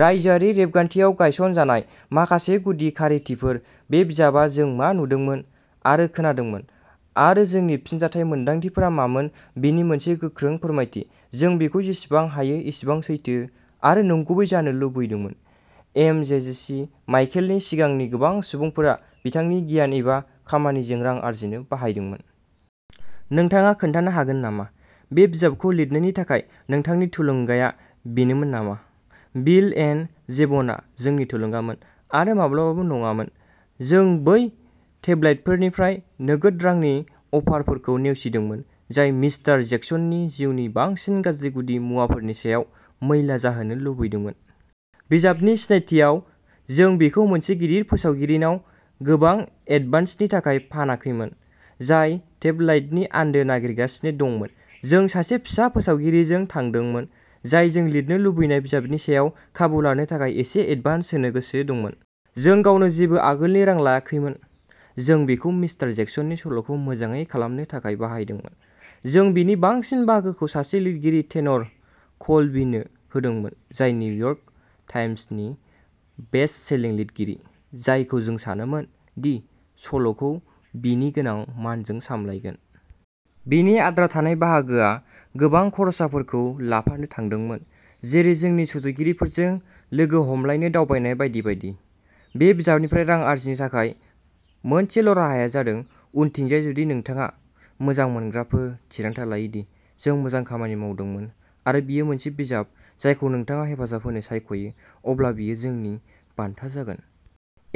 रायजोआरि रेबगान्थियाव गायसनजानाय माखासे गुदि खारिथिफोर बे बिजाबआ जों मा नुदोंमोन आरो खोनादोंमोन आरो जोंनि फिनजाथाय मोनदांथिफोरा मामोन बेनि मोनसे गोख्रों फोरमायथि। जों बेखौ जेसेबां हायो एसेबां सैथो आरो नंगुबै जानो लुबैदोंमोन। एमजेजेसि माइकेलनि सिगांनि गोबां सुबुंफोरा बिथांनि गियान एबा खामानिजों रां आर्जिनो बाहायदोंमोन। नोंथाङा खोन्थानो हागोन नामा बे बिजाबखौ लिरनायनि थाखाय नोंथांनि थुलुंगाया बेनोमोन नामा? बिल एन्ड जेभनआ जोंनि थुलुंगामोन आरो माब्लाबाबो नङामोन। जों बै टेबलाइडफोरनिफ्राय नोगोद रांनि अफारफोरखौ नेवसिदोंमोन जाय मिस्टार जेक्सननि जिउनि बांसिन गाज्रि गुदि मुवाफोरनि सायाव मैला जाहोनो लुबैदोंमोन। बिजाबनि सिनायथिआव जों बेखौ मोनसे गिदिर फोसावगिरिनाव गोबां एडभान्सनि थाखाय फानाखैमोन, जाय टेबलाइडनि आन्दो नागिरगासिनो दंमोन। जों सासे फिसा फोसावगिरिजों थांदोंमोन, जाय जों लिरनो लुबैनाय बिजाबनि सायाव खाबु लानो थाखाय एसे एडभान्स होनो गोसो दंमोन। जों गावनो जेबो आगोलनि रां लायाखैमोन। जों बेखौ मिस्टार जेक्सननि सल'खौ मोजाङै खालामनो थाखाय बाहायदोंमोन। जों बेनि बांसिन बाहागोखौ सासे लिरगिरि, टेनर कल्बीनो होदोंमोन, जाय निउयर्क टाइम्सनि बेस्टसेलिं लिरगिरि, जायखौ जों सानोमोन दि सल'खौ बिनि गोनां मानजों सामलायगोन। बेनि आद्रा थानाय बाहागोआ गोबां खर्साफोरखौ लाफानो थांदोंमोन, जेरै जोंनि सुजुगिरिफोरजों लोगो हमलायनो दावबायनाय बायदि बायदि। बे बिजाबनिफ्राय रां आर्जिनो थाखाय मोनसेल' राहाया जादों उनथिंजाय जुदि नोंथाङा, मोजां मोनग्राफोर, थिरांथा लायो दि जों मोजां खामानि मावदोंमोन आरो बेयो मोनसे बिजाब जायखौ नोंथाङा हेफाजाब होनो सायख'यो, अब्ला बेयो जोंनि बान्था जागोन।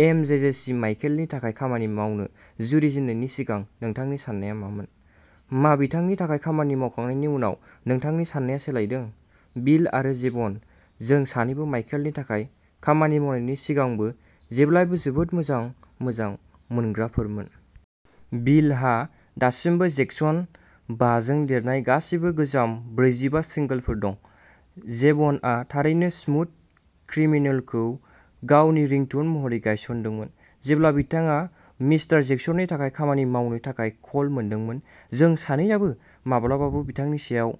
एमजेजेसी माइकेलनि थाखाय खामानि मावनो जुरिजेननायनि सिगां नोंथांनि साननायआ मामोन? मा बिथांनि थाखाय खामानि मावखांनायनि उनाव नोंथांनि साननाया सोलायदों? बिल आरो जेभन जों सानैबो माइकेलनि थाखाय खामानि मावनायनि सिगांबो जेब्लाबो जोबोद मोजां मोजां मोनग्राफोरमोन। बिलहा दासिमबो जेक्सन बाजों देरनाय गासैबो गोजाम ब्रैजिबा सिंगोलफोर दं। जेभ'नआ थारैनो स्मुथ क्रिमिनल खौ गावनि रिंटन महरै गायसनदोंमोन जेब्ला बिथाङा मिस्टार जेक्सननि थाखाय खामानि मावनो थाखाय कल मोनदोंमोन। जों सानैआबो माब्लाबाबो बिथांनि सायाव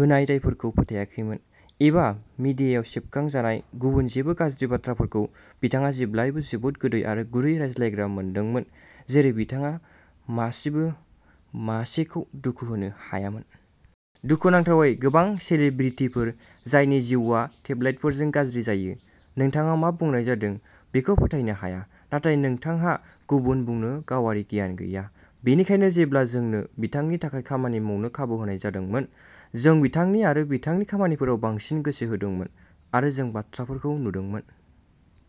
होनाय दायफोरखौ फोथायाखैमोन एबा मिडियायाव सेबखांजानाय गुबुन जेबो गाज्रि बाथ्राफोरखौ बिथाङा जेब्लाबो जोबोद गोदै आरो गुरै रायज्लायग्रा मोनदोंमोन, जेरै बिथाङा मासेबो मासेखौ दुखु होनो हायामोन। दुखुनांथावै, गोबां सेलिब्रिटिफोर जायनि जिउआ टेबलाइडफोरजों गाज्रि जायो, नोंथाङा मा बुंनाय जादों बेखौ फोथायनो हाया नाथाय नोंथांहा गुबुन बुंनो गावारि गियान गैया। बेनिखायनो जेब्ला जोंनो बिथांनि थाखाय खामानि मावनो खाबु होनाय जादोंमोन, जों बिथांनि आरो बिथांनि खामानिफोराव बांसिन गोसो होदोंमोन आरो जों बाथ्राफोरखौ नुदोंमोन।